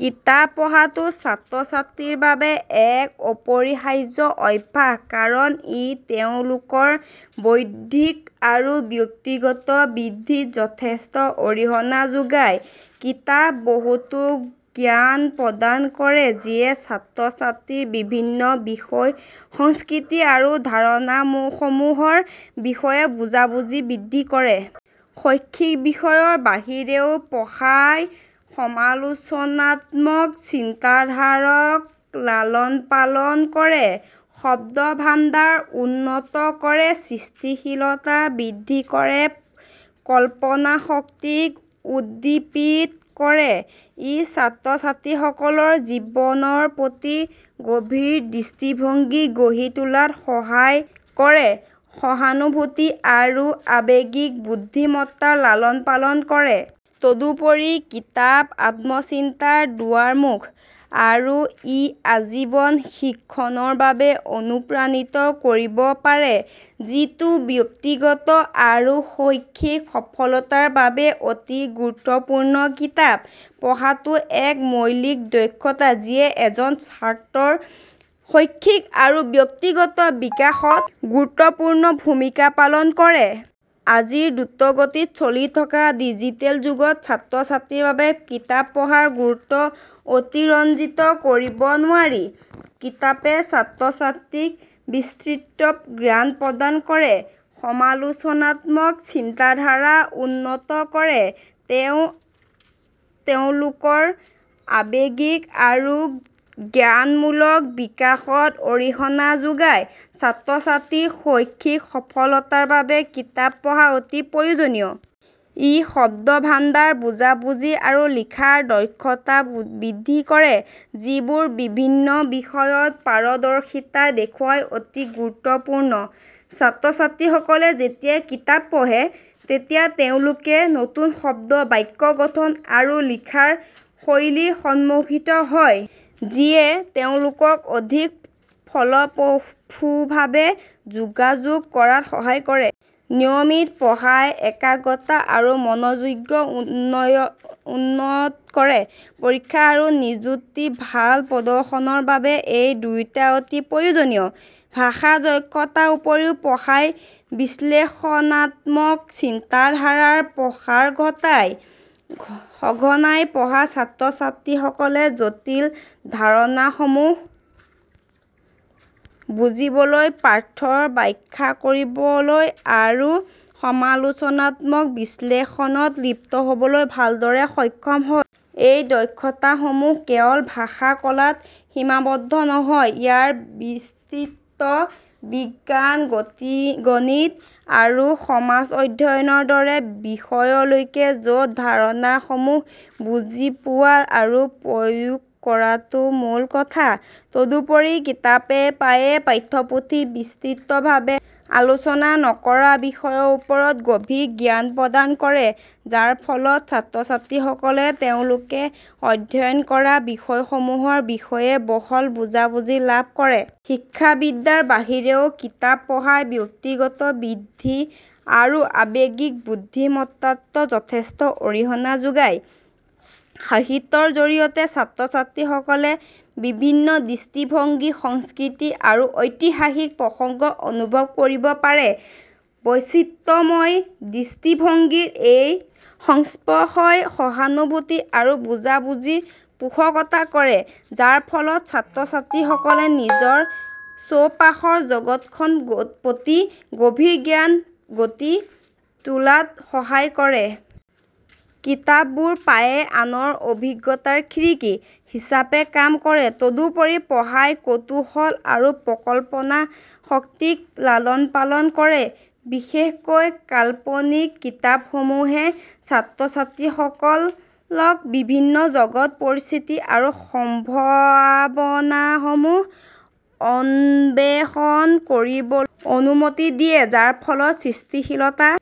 কিতাপ পঢ়াটো ছাত্ৰ-ছাত্ৰীৰ বাবে এক অপৰিহাৰ্য অভ্যাস কাৰণ ই তেওঁলোকৰ বৌদ্ধিক আৰু ব্যক্তিগত বৃদ্ধিত যথেষ্ট অৰিহণা যোগায়। কিতাপে বহুতো জ্ঞান প্ৰদান কৰে যিয়ে ছাত্ৰ-ছাত্ৰীৰ বিভিন্ন বিষয়, সংস্কৃতি আৰু ধাৰণাসমূহৰ বিষয়ে বুজাবুজি বৃদ্ধি কৰে। শৈক্ষিক বিষয়ৰ বাহিৰেও পঢ়াই সমালোচনাত্মক চিন্তাধাৰাক লালন-পালন কৰে, শব্দভাণ্ডাৰ উন্নত কৰে, সৃষ্টিশীলতা বৃদ্ধি কৰে আৰু কল্পনাশক্তিক উদ্দীপিত কৰে। ই ছাত্ৰ-ছাত্ৰীসকলক জীৱনৰ প্ৰতি গভীৰ দৃষ্টিভংগী গঢ়ি তোলাত সহায় কৰে, সহানুভূতি আৰু আৱেগিক বুদ্ধিমত্তাৰ লালন-পালন কৰে। তদুপৰি কিতাপ আত্মচিন্তাৰ দুৱাৰমুখ আৰু ই আজীৱন শিক্ষণৰ বাবে অনুপ্ৰাণিত কৰিব পাৰে, যিটো ব্যক্তিগত আৰু শৈক্ষিক সফলতাৰ বাবে অতি গুৰুত্বপূৰ্ণ। কিতাপ পঢ়াটো এটা মৌলিক দক্ষতা যিয়ে এজন ছাত্ৰৰ শৈক্ষিক আৰু ব্যক্তিগত বিকাশত গুৰুত্বপূৰ্ণ ভূমিকা পালন কৰে। আজিৰ দ্ৰুতগতিত চলি থকা ডিজিটেল যুগত ছাত্ৰ-ছাত্ৰীৰ বাবে কিতাপ পঢ়াৰ গুৰুত্বক অতিৰঞ্জিত কৰিব নোৱাৰি। কিতাপে ছাত্ৰ-ছাত্ৰীক বিস্তৃত জ্ঞান প্ৰদান কৰে, সমালোচনাত্মক চিন্তাধাৰা উন্নত কৰে, আৰু তেওঁলোকৰ আৱেগিক আৰু জ্ঞানমূলক বিকাশত অৰিহণা যোগায়। ছাত্ৰ-ছাত্ৰীৰ শৈক্ষিক সফলতাৰ বাবে কিতাপ পঢ়া অতি প্ৰয়োজনীয়। ই শব্দভাণ্ডাৰ, বুজাবুজি, আৰু লিখাৰ দক্ষতা বৃদ্ধি কৰে, যিবোৰ বিভিন্ন বিষয়ত পাৰদৰ্শিতা দেখুৱাবলৈ অতি গুৰুত্বপূৰ্ণ। ছাত্ৰ-ছাত্ৰীসকলে যেতিয়া কিতাপ পঢ়ে তেতিয়া তেওঁলোকে নতুন শব্দ, বাক্য গঠন আৰু লিখাৰ শৈলীৰ সন্মুখীন হয়, যিয়ে তেওঁলোকক অধিক ফলপ্ৰসূভাৱে যোগাযোগ কৰাত সহায় কৰে। নিয়মিত পঢ়াই একাগ্ৰতা আৰু মনোযোগো উন্নত কৰে, পৰীক্ষা আৰু নিযুক্তিত ভাল প্ৰদৰ্শনৰ বাবে এই দুয়োটা অতি প্ৰয়োজনীয়। ভাষা দক্ষতাৰ উপৰিও পঢ়াই বিশ্লেষণাত্মক চিন্তাধাৰাৰ প্ৰসাৰ ঘটায়। সঘনাই পঢ়া ছাত্ৰ-ছাত্ৰীসকলে জটিল ধাৰণাসমূহ বুজিবলৈ, পাঠ্যৰ ব্যাখ্যা কৰিবলৈ আৰু সমালোচনাত্মক বিশ্লেষণত লিপ্ত হ'বলৈ ভালদৰে সক্ষম হয়। এই দক্ষতাসমূহ কেৱল ভাষা কলাতে সীমাবদ্ধ নহয়; ইয়াৰ বিস্তৃত বিজ্ঞান, গণিত, আৰু সমাজ অধ্যয়নৰ দৰে বিষয়লৈকে, য'ত ধাৰণাসমূহ বুজি পোৱা আৰু প্ৰয়োগ কৰাটো মূল কথা। তদুপৰি কিতাপে প্ৰায়ে পাঠ্যপুথিত বিস্তৃতভাৱে আলোচনা নকৰা বিষয়ৰ ওপৰত গভীৰ জ্ঞান প্ৰদান কৰে, যাৰ ফলত ছাত্ৰ-ছাত্ৰীসকলে তেওঁলোকে অধ্যয়ন কৰা বিষয়সমূহৰ বিষয়ে বহল বুজাবুজি লাভ কৰে। শিক্ষাবিদ্যাৰ বাহিৰেও কিতাপ পঢ়াই ব্যক্তিগত বৃদ্ধি আৰু আৱেগিক বুদ্ধিমত্তাত যথেষ্ট অৰিহণা যোগায়। সাহিত্যৰ জৰিয়তে ছাত্ৰ-ছাত্ৰীসকলে বিভিন্ন দৃষ্টিভংগী, সংস্কৃতি, আৰু ঐতিহাসিক প্ৰসংগ অনুভৱ কৰিব পাৰে। বৈচিত্ৰময় দৃষ্টিভংগীৰ এই সংস্পৰ্শই সহানুভূতি আৰু বুজাবুজিৰ পোষকতা কৰে, যাৰ ফলত ছাত্ৰ-ছাত্ৰীসকলে নিজৰ চৌপাশৰ জগতখনৰ প্ৰতি গভীৰ জ্ঞান গঢ়ি তোলাত সহায় কৰে। কিতাপবোৰে প্ৰায়ে আনৰ অভিজ্ঞতাৰ খিৰিকী হিচাপে কাম কৰে। তদুপৰি পঢ়াই কৌতুহল আৰু কল্পনাশক্তিক লালন-পালন কৰে। বিশেষকৈ কাল্পনিক কিতাপসমূহে ছাত্ৰ-ছাত্ৰীসকলক বিভিন্ন জগত, পৰিস্থিতি আৰু সম্ভাৱনাসমূহ অন্বেষণ কৰিবলৈ অনুমতি দিয়ে, যাৰ ফলত সৃষ্টিশীলতাৰ